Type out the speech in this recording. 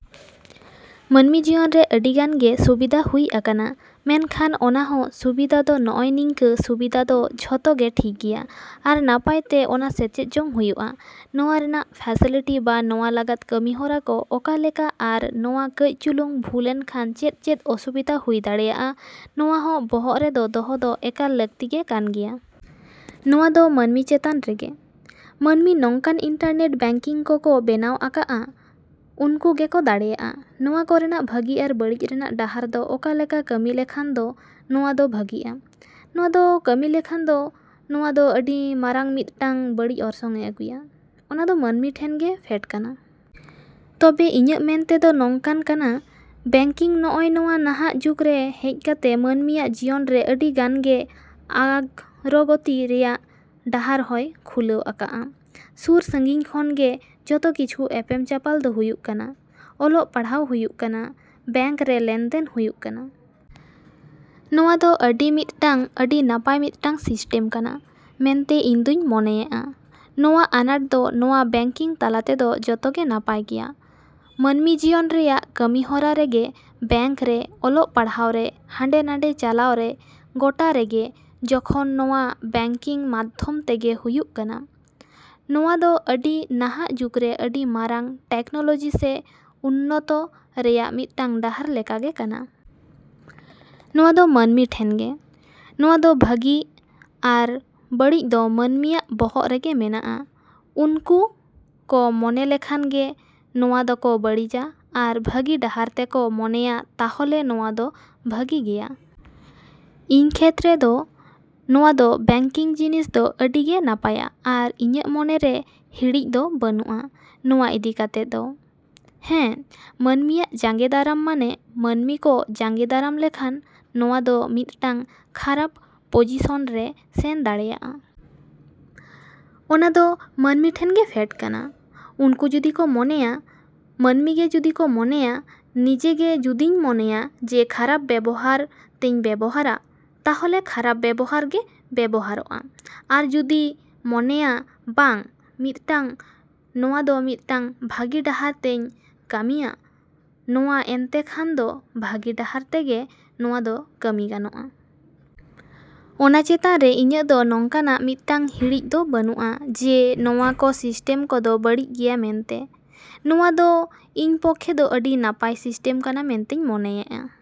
ᱢᱟᱹᱱᱢᱤ ᱡᱤᱭᱚᱱ ᱨᱮ ᱟᱹᱰᱤ ᱜᱟᱱ ᱜᱮ ᱥᱩᱵᱤᱫᱟ ᱦᱩᱭ ᱟᱠᱟᱱᱟ᱾ ᱢᱮᱱᱠᱷᱟᱱ ᱚᱱᱟ ᱦᱚᱸ ᱥᱩᱵᱤᱫᱟ ᱫᱚ ᱱᱚᱜᱼᱚᱭ ᱱᱤᱝᱠᱟᱹ ᱥᱩᱵᱤᱫᱟ ᱫᱚ ᱡᱚᱛᱚ ᱜᱮ ᱴᱷᱤᱠ ᱜᱮᱭᱟ, ᱟᱨ ᱱᱟᱯᱟᱭ ᱛᱮ ᱚᱱᱟ ᱥᱮᱪᱮᱫ ᱡᱚᱝ ᱦᱩᱭᱩᱜᱼᱟ᱾ ᱱᱚᱣᱟ ᱨᱮᱱᱟᱜ ᱯᱷᱮᱥᱮᱞᱤᱴᱤ ᱵᱟ ᱱᱚᱣᱟ ᱞᱟᱜᱟᱫ ᱠᱟᱹᱢᱤ ᱦᱚᱨᱟ ᱠᱚ ᱚᱠᱟ ᱞᱮᱠᱟ ᱟᱨ ᱱᱚᱣᱟ ᱠᱟᱹᱡ ᱪᱩᱞᱩᱝ ᱵᱷᱩᱞᱮᱱ ᱠᱷᱟᱱ ᱪᱮᱫᱼᱪᱮᱫ ᱚᱥᱩᱵᱤᱫᱟ ᱦᱩᱭ ᱫᱟᱲᱮᱭᱟᱜᱼᱟ, ᱱᱚᱣᱟ ᱦᱚᱸ ᱵᱚᱦᱚᱜ ᱨᱮᱫᱚ ᱫᱚᱦᱚ ᱫᱚ ᱮᱠᱟᱞ ᱞᱟᱹᱠᱛᱤ ᱜᱮ ᱠᱟᱱ ᱜᱮᱭᱟ᱾ ᱱᱚᱣᱟ ᱫᱚ ᱢᱟᱹᱱᱢᱤ ᱪᱮᱛᱟᱱ ᱨᱮᱜᱮ᱾ ᱢᱟᱹᱱᱢᱤ ᱱᱚᱝᱠᱟᱱ ᱤᱱᱴᱟᱨᱱᱮᱴ ᱵᱮᱝᱠᱤᱝ ᱠᱚ ᱠᱚ ᱵᱮᱱᱟᱣ ᱟᱠᱟᱜᱼᱟ, ᱩᱱᱠᱩ ᱜᱮᱠᱚ ᱫᱟᱲᱮᱭᱟᱜᱼᱟ ᱱᱚᱣᱟ ᱠᱚᱨᱮᱱᱟᱜ ᱵᱷᱟᱹᱜᱤ ᱟᱨ ᱵᱟᱹᱲᱤᱡ ᱨᱮᱱᱟᱜ ᱰᱟᱦᱟᱨ ᱫᱚ ᱚᱠᱟ ᱞᱮᱠᱟ ᱠᱟᱹᱢᱤ ᱞᱮᱠᱷᱟᱱ ᱫᱚ ᱱᱚᱣᱟ ᱫᱚ ᱵᱷᱟᱹᱜᱤᱜᱼᱟ, ᱱᱚᱣᱟ ᱫᱚ ᱠᱟᱹᱢᱤ ᱞᱮᱠᱷᱟᱱ ᱫᱚ ᱱᱚᱣᱟ ᱫᱚ ᱟᱹᱰᱤ ᱢᱟᱨᱟᱝ ᱢᱤᱫᱴᱟᱝ ᱵᱟᱹᱲᱤᱡ ᱚᱨᱥᱚᱝ ᱮ ᱟᱹᱜᱩᱭᱟ, ᱚᱱᱟ ᱫᱚ ᱢᱟᱹᱱᱢᱤ ᱴᱷᱮᱱ ᱜᱮ ᱯᱷᱮᱰ ᱠᱟᱱᱟ᱾ ᱛᱚᱵᱮ ᱤᱧᱟᱹᱜ ᱢᱮᱱ ᱛᱮᱫᱚ ᱱᱚᱝᱠᱟᱱ ᱠᱟᱱᱟ, ᱵᱮᱝᱠᱤᱝ ᱱᱚᱜᱼᱚᱭ ᱱᱚᱣᱟ ᱱᱟᱦᱟᱜ ᱡᱩᱜᱽ ᱨᱮ ᱦᱮᱡ ᱠᱟᱛᱮ ᱢᱟᱹᱱᱢᱤᱭᱟᱜ ᱡᱤᱭᱚᱱ ᱨᱮ ᱟᱹᱰᱤ ᱜᱟᱱ ᱜᱮ ᱚᱜᱨᱚᱜᱚᱛᱤ ᱨᱮᱭᱟᱜ ᱰᱟᱦᱟᱨ ᱦᱚᱸᱭ ᱠᱷᱩᱞᱟᱹᱣ ᱟᱠᱟᱜᱼᱟ᱾ ᱥᱩᱨᱼᱥᱟᱺᱜᱤᱧ ᱠᱷᱚᱱ ᱜᱮ ᱡᱚᱛᱚ ᱠᱤᱪᱷᱩ ᱮᱯᱮᱢ ᱪᱟᱯᱟᱞ ᱫᱚ ᱦᱩᱭᱩᱜ ᱠᱟᱱᱟ, ᱚᱞᱚᱜ ᱯᱟᱲᱦᱟᱣ ᱦᱩᱭᱩᱜ ᱠᱟᱱᱟ, ᱵᱮᱝᱠ ᱨᱮ ᱞᱮᱱ ᱫᱮᱱ ᱦᱩᱭᱩᱜ ᱠᱟᱱᱟ᱾ ᱱᱚᱣᱟ ᱫᱚ ᱟᱹᱰᱤ ᱢᱤᱫᱴᱟᱹᱝ ᱟᱹᱰᱤ ᱱᱟᱯᱟᱭ ᱢᱤᱫᱴᱟᱹᱝ ᱥᱤᱥᱴᱮᱢ ᱠᱟᱱᱟ ᱢᱮᱱᱛᱮ ᱤᱧ ᱫᱩᱧ ᱢᱚᱱᱮᱭᱮᱜᱼᱟ᱾ ᱱᱚᱣᱟ ᱟᱱᱟᱴ ᱫᱚ ᱱᱚᱣᱟ ᱵᱮᱝᱠᱤᱝ ᱛᱟᱞᱟ ᱛᱮᱫᱚ ᱡᱚᱛᱚ ᱜᱮ ᱱᱟᱯᱟᱭ ᱜᱮᱭᱟ᱾ ᱢᱟᱹᱱᱢᱤ ᱡᱤᱭᱚᱱ ᱨᱮᱭᱟᱜ ᱠᱟᱹᱢᱤ ᱦᱚᱨᱟ ᱨᱮᱜᱮ, ᱵᱮᱝᱠ ᱨᱮ, ᱚᱞᱚᱜ ᱯᱟᱲᱦᱟᱣ ᱨᱮ, ᱦᱟᱸᱰᱮ-ᱱᱟᱰᱮ ᱪᱟᱞᱟᱣ ᱨᱮ, ᱜᱚᱴᱟ ᱨᱮᱜᱮ ᱡᱚᱠᱷᱚᱱ ᱱᱚᱣᱟ ᱵᱮᱝᱠᱤᱝ ᱢᱟᱫᱷᱚᱢ ᱛᱮᱜᱮ ᱦᱩᱭᱩᱜ ᱠᱟᱱᱟ, ᱱᱚᱣᱟ ᱫᱚ ᱟᱹᱰᱤ ᱱᱟᱦᱟᱜ ᱡᱩᱜᱽ ᱨᱮ ᱟᱹᱰᱤ ᱢᱟᱨᱟᱝ ᱴᱮᱠᱱᱚᱞᱚᱡᱤ ᱥᱮ ᱩᱱᱱᱚᱛᱚ ᱨᱮᱱᱟᱜ ᱢᱤᱫᱴᱟᱝ ᱰᱟᱦᱟᱨ ᱞᱮᱠᱟ ᱜᱮ ᱠᱟᱱᱟ᱾ ᱱᱚᱣᱟ ᱫᱚ ᱢᱟᱹᱱᱢᱤ ᱴᱷᱮᱱ ᱜᱮ᱾ ᱱᱚᱣᱟ ᱫᱚ ᱵᱷᱟᱹᱜᱤ ᱟᱨ ᱵᱟᱹᱲᱤᱡ ᱫᱚ ᱢᱟᱹᱱᱢᱤᱭᱟᱜ ᱵᱚᱦᱚᱜ ᱨᱮᱜᱮ ᱢᱮᱱᱟᱜᱼᱟ᱾ ᱩᱱᱠᱩ ᱠᱚ ᱢᱚᱱᱮ ᱞᱮᱠᱷᱟᱱ ᱜᱮ ᱱᱚᱣᱟ ᱫᱚᱠᱚ ᱵᱟᱹᱲᱤᱡᱟ ᱟᱨ ᱵᱷᱟᱹᱜᱤ ᱰᱟᱦᱟᱨ ᱛᱮᱠᱚ ᱢᱚᱱᱮᱭᱟ ᱛᱟᱦᱚᱞᱮ ᱱᱚᱣᱟ ᱫᱚ ᱵᱷᱟᱹᱜᱤ ᱜᱮᱭᱟ᱾ ᱤᱧ ᱠᱷᱮᱛᱨᱮ ᱫᱚ ᱱᱚᱣᱟ ᱫᱚ ᱵᱮᱝᱠᱤᱝ ᱡᱤᱱᱤᱥ ᱫᱚ ᱟᱹᱰᱤ ᱜᱮ ᱱᱟᱯᱟᱭᱟ ᱟᱨ ᱤᱧᱟᱹᱜ ᱢᱚᱱᱮ ᱨᱮ ᱦᱤᱲᱤᱡ ᱫᱚ ᱵᱟᱹᱱᱩᱜᱼᱟ ᱱᱚᱣᱟ ᱤᱫᱤ ᱠᱟᱛᱮ ᱫᱚ᱾ ᱦᱮᱸ, ᱢᱟᱹᱱᱢᱤᱭᱟᱜ ᱡᱟᱸᱜᱮᱫᱟᱨᱟᱢ ᱢᱟᱱᱮ ᱢᱟᱹᱱᱢᱤ ᱠᱚ ᱡᱟᱸᱜᱮᱫᱟᱨᱟᱢ ᱞᱮᱠᱷᱟᱱ ᱱᱚᱣᱟ ᱫᱚ ᱢᱤᱫᱴᱟᱝ ᱠᱷᱟᱨᱟᱯ ᱯᱚᱡᱤᱥᱚᱱ ᱨᱮ ᱥᱮᱱ ᱫᱟᱲᱮᱭᱟᱜᱼᱟ᱾ ᱚᱱᱟ ᱫᱚ ᱢᱟᱹᱱᱢᱤ ᱴᱷᱮᱱ ᱜᱮ ᱯᱷᱮᱰ ᱠᱟᱱᱟ᱾ ᱩᱱᱠᱩ ᱡᱩᱫᱤ ᱠᱚ ᱢᱚᱱᱮᱭᱟ, ᱢᱟᱹᱱᱢᱤ ᱜᱮ ᱡᱩᱫᱤ ᱠᱚ ᱢᱚᱱᱮᱭᱟ, ᱱᱤᱡᱮ ᱜᱮ ᱡᱩᱫᱤᱧ ᱢᱚᱱᱮᱭᱟ ᱡᱮ ᱠᱷᱟᱨᱟᱯ ᱵᱮᱵᱚᱦᱟᱨ ᱛᱮᱧ ᱵᱮᱵᱚᱦᱟᱨᱟ, ᱛᱟᱦᱚᱞᱮ ᱠᱷᱟᱨᱟᱯ ᱵᱮᱵᱚᱦᱟᱨ ᱜᱮ ᱵᱮᱵᱚᱦᱟᱨᱚᱜᱼᱟ᱾ ᱟᱨ ᱡᱩᱫᱤ ᱢᱚᱱᱮᱭᱟ ᱵᱟᱝ ᱢᱤᱫᱴᱟᱹᱝ ᱱᱚᱣᱟ ᱫᱚ ᱢᱤᱫᱴᱟᱝ ᱵᱷᱟᱹᱜᱤ ᱰᱟᱦᱟᱨ ᱛᱮᱧ ᱠᱟᱹᱢᱤᱭᱟ, ᱱᱚᱣᱟ ᱮᱱᱛᱮ ᱠᱷᱟᱱ ᱫᱚ ᱵᱷᱟᱹᱜᱤ ᱰᱟᱦᱟᱨ ᱛᱮᱜᱮ ᱱᱚᱣᱟ ᱫᱚ ᱠᱟᱹᱢᱤ ᱜᱟᱱᱚᱜᱼᱟ᱾ ᱚᱱᱟ ᱪᱮᱛᱟᱱ ᱨᱮ ᱤᱧᱟᱹᱜ ᱫᱚ ᱱᱚᱝᱠᱟᱱᱟᱜ ᱢᱤᱫᱴᱟᱝ ᱦᱤᱲᱤᱡ ᱫᱚ ᱵᱟᱹᱱᱩᱜᱼᱟ ᱡᱮ ᱱᱚᱣᱟ ᱠᱚ ᱥᱤᱥᱴᱮᱢ ᱠᱚᱫᱚ ᱵᱟᱹᱲᱤᱡ ᱜᱮᱭᱟ ᱢᱮᱱᱛᱮ᱾ ᱱᱚᱣᱟ ᱫᱚ ᱤᱧ ᱯᱚᱠᱷᱮ ᱫᱚ ᱟᱹᱰᱤ ᱱᱟᱯᱟᱭ ᱥᱤᱥᱴᱮᱢ ᱠᱟᱱᱟ ᱢᱮᱱᱛᱤᱧ ᱢᱚᱱᱮᱭᱮᱜᱼᱟ।